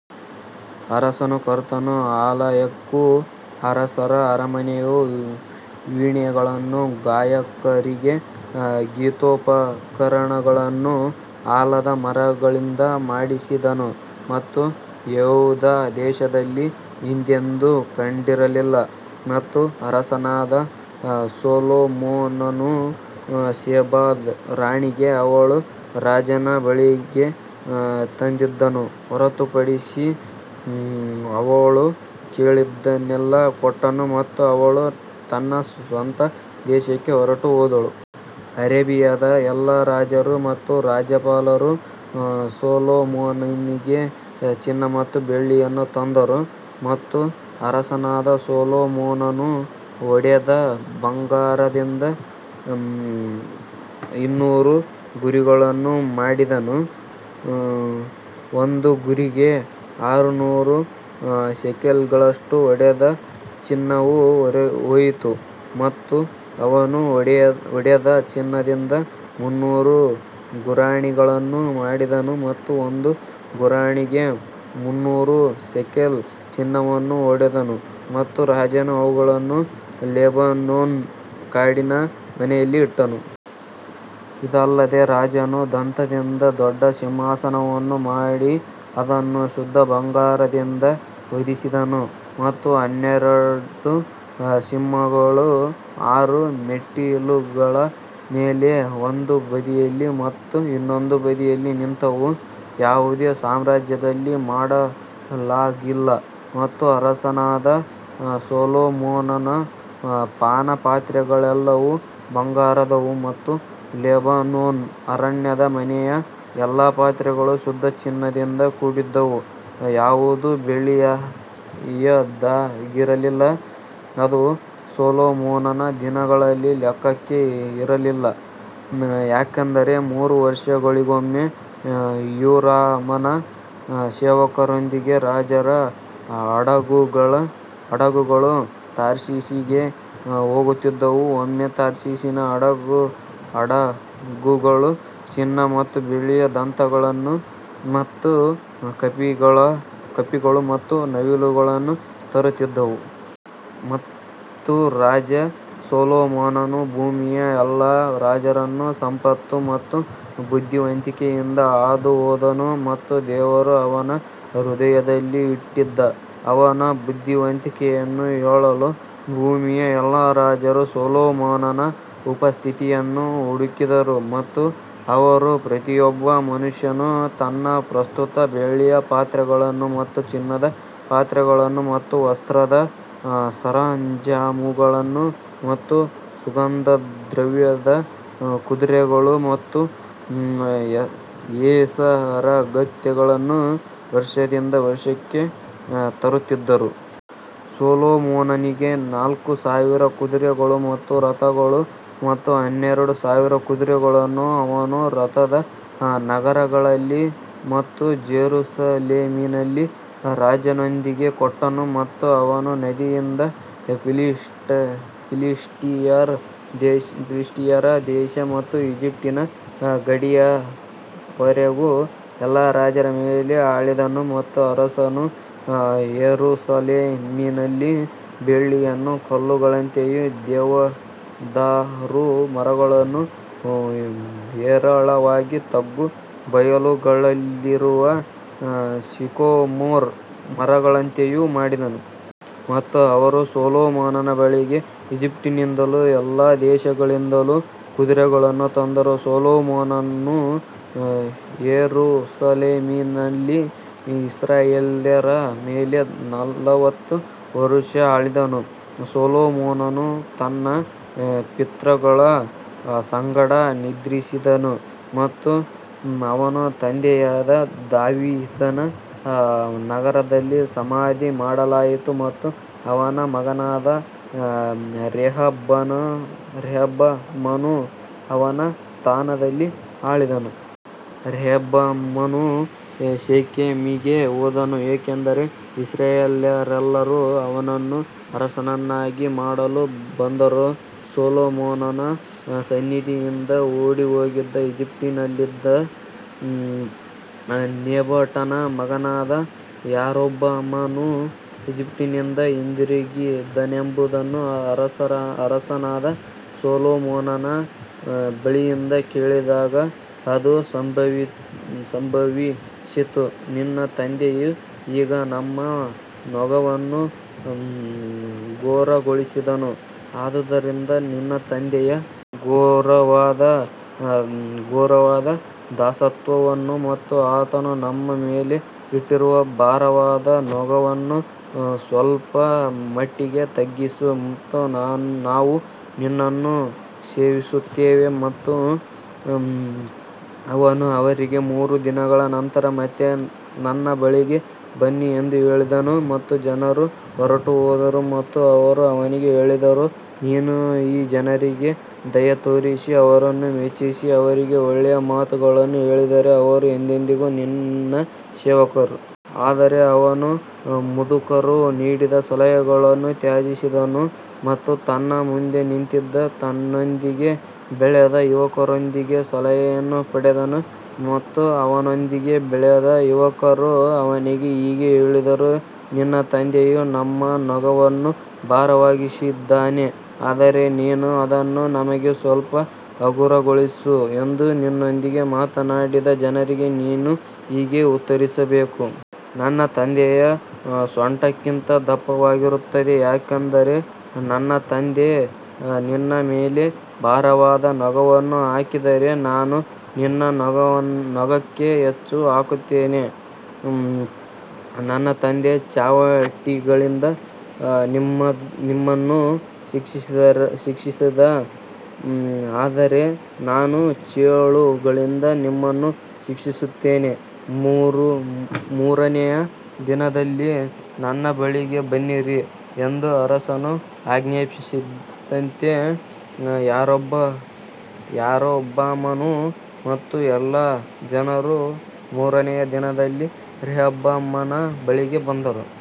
ಅರಸನು ಕರ್ತನ ಆಲಯಕ್ಕೂ ಅರಸರ ಅರಮನೆಗೂ ವೀಣೆಗಳನ್ನೂ ಗಾಯಕರಿಗೆ ಗೀತೋಪಕರಣಗಳನ್ನೂ ಆಲದ ಮರಗಳಿಂದ ಮಾಡಿಸಿದನು ಮತ್ತು ಯೆಹೂದ ದೇಶದಲ್ಲಿ ಹಿಂದೆಂದೂ ಕಂಡಿರಲಿಲ್ಲ. ಮತ್ತು ಅರಸನಾದ ಸೊಲೊಮೋನನು ಶೆಬಾದ ರಾಣಿಗೆ ಅವಳು ರಾಜನ ಬಳಿಗೆ ತಂದಿದ್ದನ್ನು ಹೊರತುಪಡಿಸಿ ಅವಳು ಕೇಳಿದ್ದನ್ನೆಲ್ಲಾ ಕೊಟ್ಟನು ಮತ್ತು ಅವಳು ತನ್ನ ಸ್ವಂತ ದೇಶಕ್ಕೆ ಹೊರಟುಹೋದಳು. ಅರೇಬಿಯಾದ ಎಲ್ಲಾ ರಾಜರು ಮತ್ತು ರಾಜ್ಯಪಾಲರು ಸೊಲೊಮೋನನಿಗೆ ಚಿನ್ನ ಮತ್ತು ಬೆಳ್ಳಿಯನ್ನು ತಂದರು. ಮತ್ತು ಅರಸನಾದ ಸೊಲೊಮೋನನು ಹೊಡೆದ ಬಂಗಾರದಿಂದ ಇನ್ನೂರು ಗುರಿಗಳನ್ನು ಮಾಡಿದನು, ಒಂದು ಗುರಿಗೆ ಆರುನೂರು ಶೆಕೆಲ್ಗಳಷ್ಟು ಹೊಡೆದ ಚಿನ್ನವು ಹೋಯಿತು. ಮತ್ತು ಅವನು ಹೊಡೆದ ಚಿನ್ನದಿಂದ ಮುನ್ನೂರು ಗುರಾಣಿಗಳನ್ನು ಮಾಡಿದನು ಮತ್ತು ಒಂದು ಗುರಾಣಿಗೆ ಮುನ್ನೂರು ಶೇಕೆಲ್ ಚಿನ್ನವನ್ನು ಹೋದನು ಮತ್ತು ರಾಜನು ಅವುಗಳನ್ನು ಲೆಬನೋನ್ ಕಾಡಿನ ಮನೆಯಲ್ಲಿ ಇಟ್ಟನು. ಇದಲ್ಲದೆ ರಾಜನು ದಂತದಿಂದ ದೊಡ್ಡ ಸಿಂಹಾಸನವನ್ನು ಮಾಡಿ ಅದನ್ನು ಶುದ್ಧ ಬಂಗಾರದಿಂದ ಹೊದಿಸಿದನು ಮತ್ತು ಹನ್ನೆರಡು ಸಿಂಹಗಳು ಆರು ಮೆಟ್ಟಿಲುಗಳ ಮೇಲೆ ಒಂದು ಬದಿಯಲ್ಲಿ ಮತ್ತು ಇನ್ನೊಂದು ಬದಿಯಲ್ಲಿ ನಿಂತವು, ಯಾವುದೇ ಸಾಮ್ರಾಜ್ಯದಲ್ಲಿ ಮಾಡಲಾಗಿಲ್ಲ. ಮತ್ತು ಅರಸನಾದ ಸೊಲೊಮೋನನ ಪಾನಪಾತ್ರೆಗಳೆಲ್ಲವೂ ಬಂಗಾರದವು ಮತ್ತು ಲೆಬನೋನ್ ಅರಣ್ಯದ ಮನೆಯ ಎಲ್ಲಾ ಪಾತ್ರೆಗಳು ಶುದ್ಧ ಚಿನ್ನದಿಂದ ಕೂಡಿದ್ದವು ಯಾವುದೂ ಬೆಳ್ಳಿಯದ್ದಾಗಿರಲಿಲ್ಲ, ಅದು ಸೊಲೊಮೋನನ ದಿನಗಳಲ್ಲಿ ಲೆಕ್ಕಕ್ಕೆ ಇರಲಿಲ್ಲ ಯಾಕಂದರೆ ಮೂರು ವರ್ಷಗಳಿಗೊಮ್ಮೆ ಹ್ಯೂರಾಮನ ಸೇವಕರೊಂದಿಗೆ ರಾಜರ ಹಡಗುಗಳು ತಾರ್ಷೀಷಿಗೆ ಹೋಗುತ್ತಿದ್ದವು, ಒಮ್ಮೆ ತಾರ್ಷೀಷಿನ ಹಡಗುಗಳು ಚಿನ್ನ ಮತ್ತು ಬೆಳ್ಳಿಯ ದಂತಗಳನ್ನು ಮತ್ತು ಕಪಿಗಳು ಮತ್ತು ನವಿಲುಗಳನ್ನು ತರುತ್ತಿದ್ದವು. ಮತ್ತು ರಾಜ ಸೊಲೊಮೋನನು ಭೂಮಿಯ ಎಲ್ಲಾ ರಾಜರನ್ನು ಸಂಪತ್ತು ಮತ್ತು ಬುದ್ಧಿವಂತಿಕೆಯಿಂದ ಹಾದುಹೋದನು ಮತ್ತು ದೇವರು ಅವನ ಹೃದಯದಲ್ಲಿ ಇಟ್ಟಿದ್ದ ಅವನ ಬುದ್ಧಿವಂತಿಕೆಯನ್ನು ಕೇಳಲು ಭೂಮಿಯ ಎಲ್ಲಾ ರಾಜರು ಸೊಲೊಮೋನನ ಉಪಸ್ಥಿತಿಯನ್ನು ಹುಡುಕಿದರು. ಮತ್ತು ಅವರು ಪ್ರತಿಯೊಬ್ಬ ಮನುಷ್ಯನು ತನ್ನ ಪ್ರಸ್ತುತ ಬೆಳ್ಳಿಯ ಪಾತ್ರೆಗಳನ್ನು ಮತ್ತು ಚಿನ್ನದ ಪಾತ್ರೆಗಳನ್ನು ಮತ್ತು ವಸ್ತ್ರದ ಸರಂಜಾಮುಗಳನ್ನು ಮತ್ತು ಸುಗಂಧದ್ರವ್ಯದ ಕುದುರೆಗಳು ಮತ್ತು ಹೇಸರಗತ್ತೆಗಳನ್ನು ವರ್ಷದಿಂದ ವರ್ಷಕ್ಕೆ ತರುತ್ತಿದ್ದರು. ಸೊಲೊಮೋನನಿಗೆ ನಾಲ್ಕು ಸಾವಿರ ಕುದುರೆಗಳು ಮತ್ತು ರಥಗಳು ಮತ್ತು ಹನ್ನೆರಡು ಸಾವಿರ ಕುದುರೆಗಳನ್ನು ಅವನು ರಥದ ನಗರಗಳಲ್ಲಿ ಮತ್ತು ಜೆರುಸಲೇಮಿನಲ್ಲಿ ರಾಜನೊಂದಿಗೆ ಕೊಟ್ಟನು. ಮತ್ತು ಅವನು ನದಿಯಿಂದ ಫಿಲಿಷ್ಟಿಯರ ದೇಶ ಮತ್ತು ಈಜಿಪ್ಟಿನ ಗಡಿಯವರೆಗೂ ಎಲ್ಲಾ ರಾಜರ ಮೇಲೆ ಆಳಿದನು. ಮತ್ತು ಅರಸನು ಯೆರೂಸಲೇಮಿನಲ್ಲಿ ಬೆಳ್ಳಿಯನ್ನು ಕಲ್ಲುಗಳಂತೆಯೂ ದೇವದಾರು ಮರಗಳನ್ನು ಹೇರಳವಾಗಿ ತಗ್ಗು ಬಯಲುಗಳಲ್ಲಿರುವ ಸಿಕೊಮೊರ್ ಮರಗಳಂತೆಯೂ ಮಾಡಿದನು. ಮತ್ತು ಅವರು ಸೊಲೊಮೋನನ ಬಳಿಗೆ ಈಜಿಪ್ಟಿನಿಂದಲೂ ಎಲ್ಲಾ ದೇಶಗಳಿಂದಲೂ ಕುದುರೆಗಳನ್ನು ತಂದರು ಸೊಲೊಮೋನನು ಯೆರೂಸಲೇಮಿನಲ್ಲಿ ಇಸ್ರಾಯೇಲ್ಯರ ಮೇಲೆ ನಲವತ್ತು ವರುಷ ಆಳಿದನು ಸೊಲೊಮೋನನು ತನ್ನ ಪಿತೃಗಳ ಸಂಗಡ ನಿದ್ರಿಸಿದನು ಮತ್ತು ಅವನ ತಂದೆಯಾದ ದಾವೀದನ ನಗರದಲ್ಲಿ ಸಮಾಧಿ ಮಾಡಲಾಯಿತು ಮತ್ತು ಅವನ ಮಗನಾದ ರೆಹಬ್ಬಾಮನು ಅವನ ಸ್ಥಾನದಲ್ಲಿ ಆಳಿದನು. ರೆಹಬ್ಬಾಮನು ಶೆಕೆಮಿಗೆ ಹೋದನು ಏಕೆಂದರೆ ಇಸ್ರಾಯೇಲ್ಯರೆಲ್ಲರೂ ಅವನನ್ನು ಅರಸನನ್ನಾಗಿ ಮಾಡಲು ಬಂದರು ಸೊಲೊಮೋನನ ಸನ್ನಿಧಿಯಿಂದ ಓಡಿಹೋಗಿದ್ದ ಈಜಿಪ್ಟಿನಲ್ಲಿದ್ದ ನೆಬಾಟನ ಮಗನಾದ ಯಾರೊಬ್ಬಾಮನು ಈಜಿಪ್ಟಿನಿಂದ ಹಿಂದಿರುಗಿದನೆಂಬುದನ್ನು ಅರಸನಾದ ಸೊಲೊಮೋನನ ಬಳಿಯಿಂದ ಕೇಳಿದಾಗ ಅದು ಸಂಭವಿಸಿತು. ನಿನ್ನ ತಂದೆಯು ಈಗ ನಮ್ಮ ನೊಗವನ್ನು ಘೋರಗೊಳಿಸಿದನು ಆದುದರಿಂದ ನಿನ್ನ ತಂದೆಯ ಘೋರವಾದ ದಾಸತ್ವವನ್ನು ಮತ್ತು ಆತನು ನಮ್ಮ ಮೇಲೆ ಇಟ್ಟಿರುವ ಭಾರವಾದ ನೊಗವನ್ನು ಸ್ವಲ್ಪಮಟ್ಟಿಗೆ ತಗ್ಗಿಸು ಮತ್ತು ನಾವು ನಿನ್ನನ್ನು ಸೇವಿಸುತ್ತೇವೆ ಮತ್ತು ಅವನು ಅವರಿಗೆ ಮೂರು ದಿನಗಳ ನಂತರ ಮತ್ತೆ ನನ್ನ ಬಳಿಗೆ ಬನ್ನಿ ಎಂದು ಹೇಳಿದನು ಮತ್ತು ಜನರು ಹೊರಟುಹೋದರು ಮತ್ತು ಅವರು ಅವನಿಗೆ ಹೇಳಿದರು, ನೀನು ಈ ಜನರಿಗೆ ದಯೆತೋರಿಸಿ ಅವರನ್ನು ಮೆಚ್ಚಿಸಿ ಅವರಿಗೆ ಒಳ್ಳೆಯ ಮಾತುಗಳನ್ನು ಹೇಳಿದರೆ ಅವರು ಎಂದೆಂದಿಗೂ ನಿನ್ನ ಸೇವಕರು. ಆದರೆ ಅವನು ಮುದುಕರು ನೀಡಿದ ಸಲಹೆಯನ್ನು ತ್ಯಜಿಸಿದನು ಮತ್ತು ತನ್ನ ಮುಂದೆ ನಿಂತಿದ್ದ ತನ್ನೊಂದಿಗೆ ಬೆಳೆದ ಯುವಕರೊಂದಿಗೆ ಸಲಹೆಯನ್ನು ಪಡೆದನು. ಮತ್ತು ಅವನೊಂದಿಗೆ ಬೆಳೆದ ಯುವಕರು ಅವನಿಗೆ ಹೀಗೆ ಹೇಳಿದರು, ನಿನ್ನ ತಂದೆಯು ನಮ್ಮ ನೊಗವನ್ನು ಭಾರವಾಗಿಸಿದ್ದಾನೆ ಆದರೆ ನೀನು ಅದನ್ನು ನಮಗೆ ಸ್ವಲ್ಪ ಹಗುರಗೊಳಿಸು ಎಂದು ನಿನ್ನೊಂದಿಗೆ ಮಾತನಾಡಿದ ಜನರಿಗೆ ನೀನು ಹೀಗೆ ಉತ್ತರಿಸಬೇಕು. ನನ್ನ ತಂದೆಯ ಸೊಂಟಕ್ಕಿಂತ ದಪ್ಪವಾಗಿರುತ್ತದೆ ಯಾಕಂದರೆ ನನ್ನ ತಂದೆ ನಿನ್ನ ಮೇಲೆ ಭಾರವಾದ ನೊಗವನ್ನು ಹಾಕಿದರೆ ನಾನು ನಿನ್ನ ನೊಗಕ್ಕೆ ಹೆಚ್ಚು ಹಾಕುತ್ತೇನೆ ನನ್ನ ತಂದೆ ಚಾವಟಿಗಳಿಂದ ನಿಮ್ಮನ್ನು ಶಿಕ್ಷಿಸಿದ ಆದರೆ ನಾನು ಚೇಳುಗಳಿಂದ ನಿಮ್ಮನ್ನು ಶಿಕ್ಷಿಸುತ್ತೇನೆ ಮೂರನೆಯ ದಿನದಲ್ಲಿ ನನ್ನ ಬಳಿಗೆ ಬನ್ನಿರಿ ಎಂದು ಅರಸನು ಆಜ್ಞಾಪಿಸಿದಂತೆ ಯಾರೊಬ್ಬಾಮನು ಮತ್ತು ಎಲ್ಲಾ ಜನರು ಮೂರನೆಯ ದಿನದಲ್ಲಿ ರೆಹಬ್ಬಾಮನ ಬಳಿಗೆ ಬಂದರು.